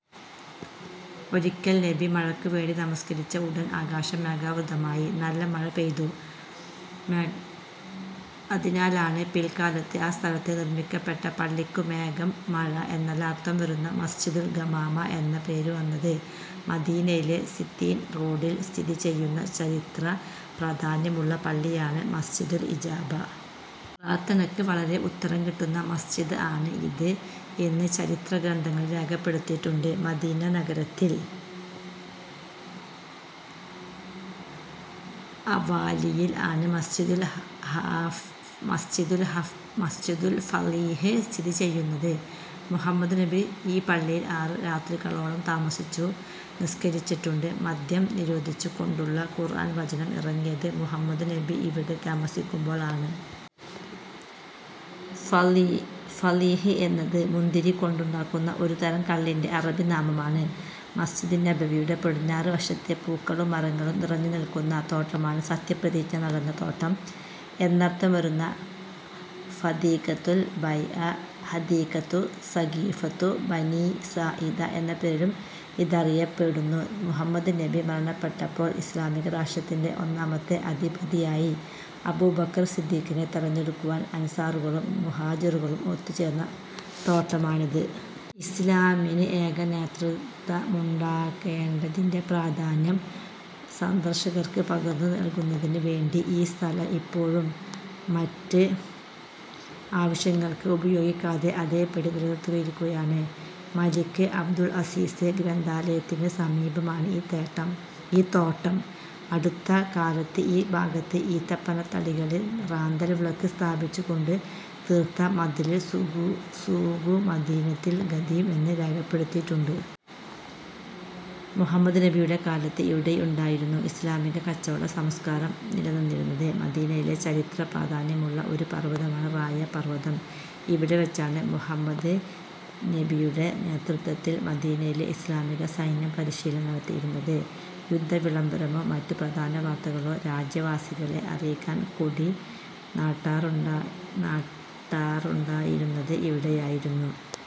ഒരിക്കൽ നബി മഴയ്ക്കു വേണ്ടി നമസ്കരിച്ച ഉടൻ ആകാശം മേഘാവൃതമായി നല്ല മഴ പെയ്തു. അതിനാലാണ് പിൽകാലത്ത് ആ സ്ഥലത്ത് നിർമ്മിക്കപ്പെട്ട പള്ളിക്കു മേഘം, മഴ എന്നെല്ലാം അർഥം വരുന്ന മസ്ജിദുൽ ഗമാമ എന്നു പേര് വന്നത്. മദീനയിലെ സിത്തീൻ റോഡിൽ സ്ഥിതി ചെയ്യുന്ന ചരിത്ര പ്രാധാന്യമുള്ള പള്ളിയാണ് മസ്ജിദുൽ ഇജാബ. പ്രാർഥനക്ക് വളരെ ഉത്തരം കിട്ടുന്ന മസ്ജിദ് ആണ് ഇത് എന്ന് ചരിത്ര ഗ്രന്ഥങ്ങളിൽ രേഖപ്പെടുത്തിയിട്ടുണ്ട്. മദീന നഗരത്തിൽ അവാലിയിൽ ആണ് മസ്ജിദുൽ ഫളീഹ് സ്ഥിതി ചെയ്യുന്നത്. മുഹമ്മദ് നബി ഈ പള്ളിയിൽ ആറ് രാത്രികളോളം താമസിച്ചു നിസ്കരിച്ചിട്ടുണ്ട്. മദ്യം നിരോധിച്ചു കൊണ്ടുള്ള ഖുർആൻ വചനം ഇറങ്ങിയത് മുഹമ്മദ് നബി ഇവിടെ താമസിക്കുമ്പോൾ ആണ്. ഫളീഹ് എന്നത് മുന്തിരി കൊണ്ടുടാക്കുന്ന ഒരു തരം കള്ളിന്റെ അറബി നാമമാണ്. മസ്ജിദുന്നബവിയുടെ പടിഞ്ഞാറു വശത്ത് പൂക്കളും മരങ്ങളും നിറഞ്ഞു നിൽക്കുന്ന തോട്ടമാണ് സത്യപ്രതിജ്ഞ നടന്ന തോട്ടം എന്നർത്ഥം വരുന്ന ഹദീഖതുൽ ബൈഅ. ഹദീഖതു സഖീഫതു ബനീ സാഇദ എന്ന പേരിലും ഇതറിയപ്പെടുന്നു. മുഹമ്മദ് നബി മരണപ്പെട്ടപ്പോൾ ഇസ്ലാമിക രാഷ്ട്രത്തിന്റെ ഒന്നാമത്തെ അധിപതിയായി അബൂബക്കർ സിദ്ദീഖിനെ തെരഞ്ഞെടുക്കാൻ അൻസ്വാറുകളും മുഹാജിറുകളും ഒത്തുചേർന്ന തോട്ടമാണിത്. ഇസ്ലാമിനു ഏക നേതൃത്വമുണ്ടാകേണ്ടതിന്റെ പ്രാധാന്യം സന്ദർശകർക്ക് പകർന്നു നൽകുന്നതിന് വേണ്ടി ഈ സ്ഥലം ഇപ്പോഴും മറ്റ് ആവശ്യങ്ങൾക്ക് ഉപയോഗിക്കാതെ അതേപടി നിലനിർത്തിയിരിക്കുകയാണ്. മലിക് അബ്ദുൽ അസീസ് ഗ്രന്ഥാലയത്തിനു സമീപമാണ് ഈ തോട്ടം. അടുത്ത കാലത്ത് ഈ ഭാഗത്ത് ഈത്തപ്പനത്തടികളിൽ റാന്തൽവിളക്ക് സ്ഥാപിച്ചു കൊണ്ട് തീർത്ത മതിലിൽ സൂഖു മദീനതിൽ ഖദീം എന്ന് രേഖപ്പെടുത്തിയിട്ടുണ്ട്. മുഹമ്മദ് നബിയുടെ കാലത്ത് ഇവിടെയായിരുന്നു ഇസ്ലാമിക കച്ചവട സംസ്കാരം നില നിന്നിരുന്നത്. മദീനയിലെ ചരിത്ര പ്രാധാന്യമുള്ള ഒരു പർവതമാണ് റായ പർവതം. ഇവിടെ വച്ചാണ് മുഹമ്മദ് നബിയുടെ നേതൃത്വത്തിൽ മദീനയിലെ ഇസ്ലാമിക സൈന്യം പരിശീലനം നടത്തിയിരുന്നത്. യുദ്ധവിളംബരമോ മറ്റു പ്രധാനവാർത്തകളോ രാജ്യവാസികളെ അറിയിക്കാൻ കൊടി നാട്ടാറുണ്ടായിരുന്നത് ഇവിടെയായിരുന്നു.